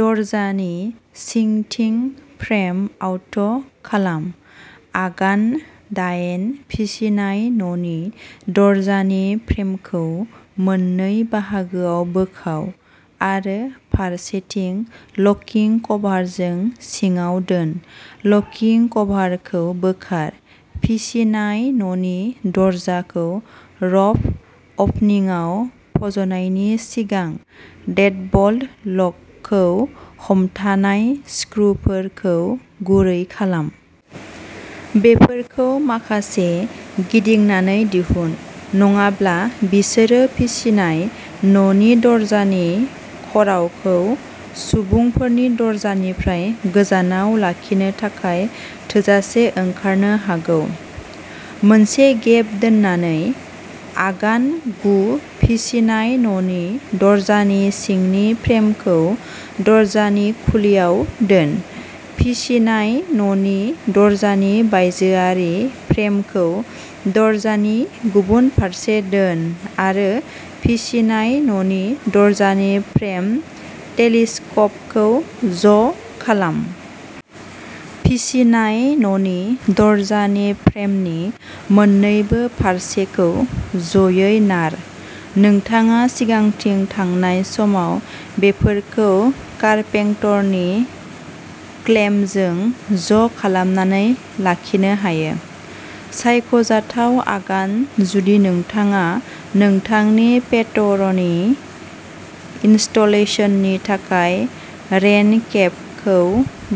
दरजानि सिंथिं frame out' खालाम। आगान दायेन फिसिनाय न'नि दरजानि फ्रेमखौ मोननै बाहागोआव बोखाव आरो फारसेथिं लकिं कभारजों सिङाव दोन। लकिं कभारखौ बोखार। फिसिनाय न'नि दरजाखौ र'फ ओपनिंआव फज'नायनि सिगां, डेडबल्ट लकखौ हमथानाय स्क्रुफोरखौ गुरै खालाम। बेफोरखौ माखासे गिदिंनानै दिहुन, नङाब्ला बिसोरो फिसिनाय न'नि दरजानि ख'रावखौ सुबुंफोरनि दरजानिफ्राय गोजानाव लाखिनो थाखाय थोजासे ओंखारनो हागौ, मोनसे गेप दोननानै। आगान गु फिसिनाय न'नि दरजानि सिंनि फ्रेमखौ दरजानि खुलिङाव दोन। फिसिनाय न'नि दरजानि बायजोआरि फ्रेमखौ दरजानि गुबुन फारसे दोन आरो फिसिनाय न'नि दरजानि फ्रेम टेलिस्क'पखौ ज'खालाम। फिसिनाय न'नि दरजानि फ्रेमनि मोन्नैबो फारसेखौ ज'यै नार। नोंथाङा सिगांथिं थांनाय समाव बेफोरखौ कारपेंटरनि क्लेम्पजों ज'खालामनानै लाखिनो हायो। सायख'जाथाव आगान जुदि नोंथाङा नोंथांनि पेटर'नि इनस्टलेशननि थाखाय रेन केपखौ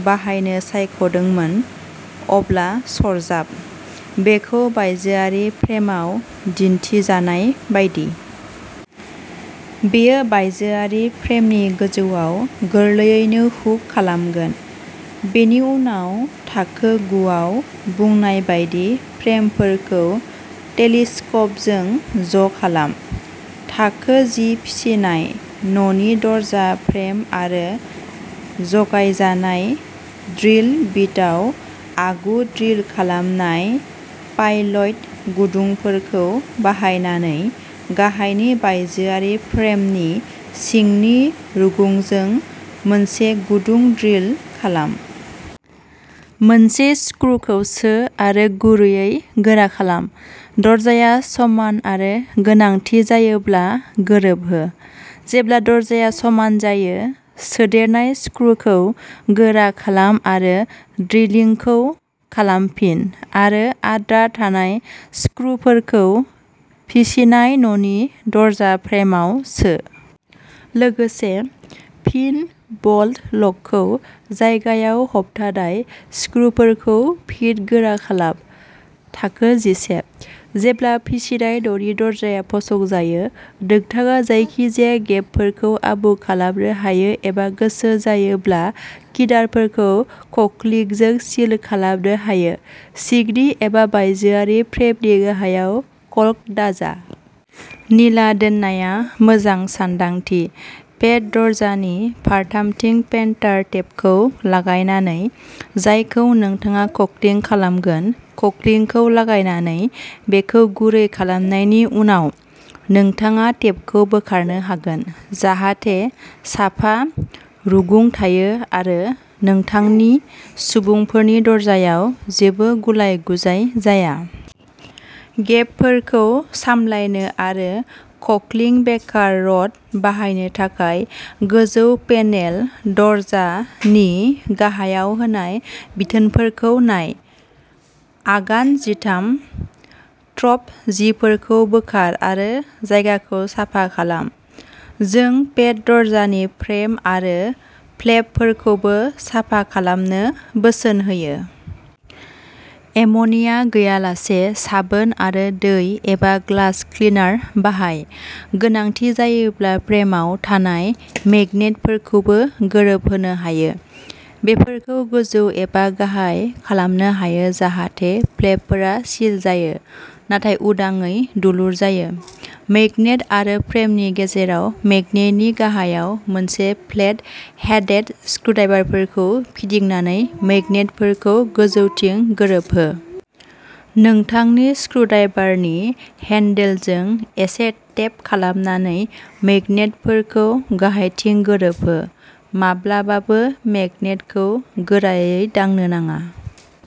बाहायनो सायख'दोंमोन, अब्ला सरजाब। बेखौ बायजोआरि फ्रेमआव दिन्थिजानाय बायदि। बेयो बायजोआरि फ्रेमनि गोजौआव गोरलैयैनो हुक खालामगोन। बेनि उनाव थाखो गु आव बुंनाय बायदि फ्रेमफोरखौ टेलिस्क'पजों ज'खालाम। थाखो जि फिसिनाय न'नि दरजा फ्रेम आरो जगायजानाय ड्रिल बिटआव आगु-ड्रिल खालामनाय पाइलायट गुदुंफोरखौ बाहायनानै, गाहायनि बायजोआरि फ्रेमनि सिंनि रुगुंजों मोनसे गुदुं ड्रिल खालाम। मोनसे स्क्रूखौ सो आरो गुरैयै गोरा खालाम। दरजाया समान आरो गोनांथि जायोब्ला गोरोबहो। जेब्ला दरजाया समान जायो, सोदेरनाय स्क्रूखौ गोरा खालाम आरो ड्रिलिंखौ खालामफिन आरो आद्रा थानाय स्क्रूफोरखौ फिसिनाय न'नि दरजा फ्रेमआव सो। लोगोसे, पिन बल्ट लकखौ जायगायाव हमथानाय स्क्रूफोरखौ फिन गोरा खालाम। थाखो जिसे जेब्ला फिसिनाय न'नि दरजाया फसंजायो, नोंथाङा जायखिजाया गेबफोरखौ आबुं खालामनो हायो एबा गोसो जायोब्ला किनारफोरखौ कल्किंजों सिल खालामनो हायो। सिंनि एबा बायजोआरि फ्रेमनि गाहायाव कल्क दाजा। निला दोननाया मोजां सानदांथि। पेट दरजानि फारथामथिं पेन्टार टेपखौ लागायनानै, जायखौ नोंथाङा कल्किं खालामगोन। कल्किंखौ लागायनानै बेखौ गुरै खालामनायनि उनाव, नोंथाङा टेपखौ बोखारनो हागोन जाहाथे साफा रुगुं थायो आरो नोंथांनि सुबुंफोरनि दरजायाव जेबो गुलाय-गुजाय जाया। गेपफोरखौ सामलायनो आरो कल्किं बेकार रड बाहायनो थाखाय गोजौ पेनेल दरजा नि गाहायाव होनाय बिथोनफोरखौ नाय। आगान जिथाम ट्रप जिफोरखौ बोखार आरो जायगाखौ साफा खालाम। जों पेट दरजानि फ्रेम आरो फ्लेपफोरखौबो साफा खालामनो बोसोन होयो। एमोनिया गैयालासे साबोन आरो दै एबा ग्लास क्लिनार बाहाय। गोनांथि जायोब्ला फ्रेमआव थानाय मैग्नेटफोरखौबो गोरोबहोनो हायो। बेफोरखौ गोजौ एबा गाहाय खालामनो हायो जाहाथे फ्लेपफोरा सिल जायो नाथाय उदाङै दुलुर जायो। मैग्नेट आरो फ्रेमनि गेजेराव मैग्नेटनि गाहायाव मोनसे फ्लेट हेडेड स्क्रुद्राइभारखौ फिदिंनानै मैग्नेटफोरखौ गोजौथिं गोरोबहो। नोंथांनि स्क्रुद्राइभारनि हेन्डेलजों एसे टेप खालामनानै मैग्नेटफोरखौ गाहायथिं गोरोबहो। माब्लाबाबो मेगनेटखौ गोरायै दांनो नाङा।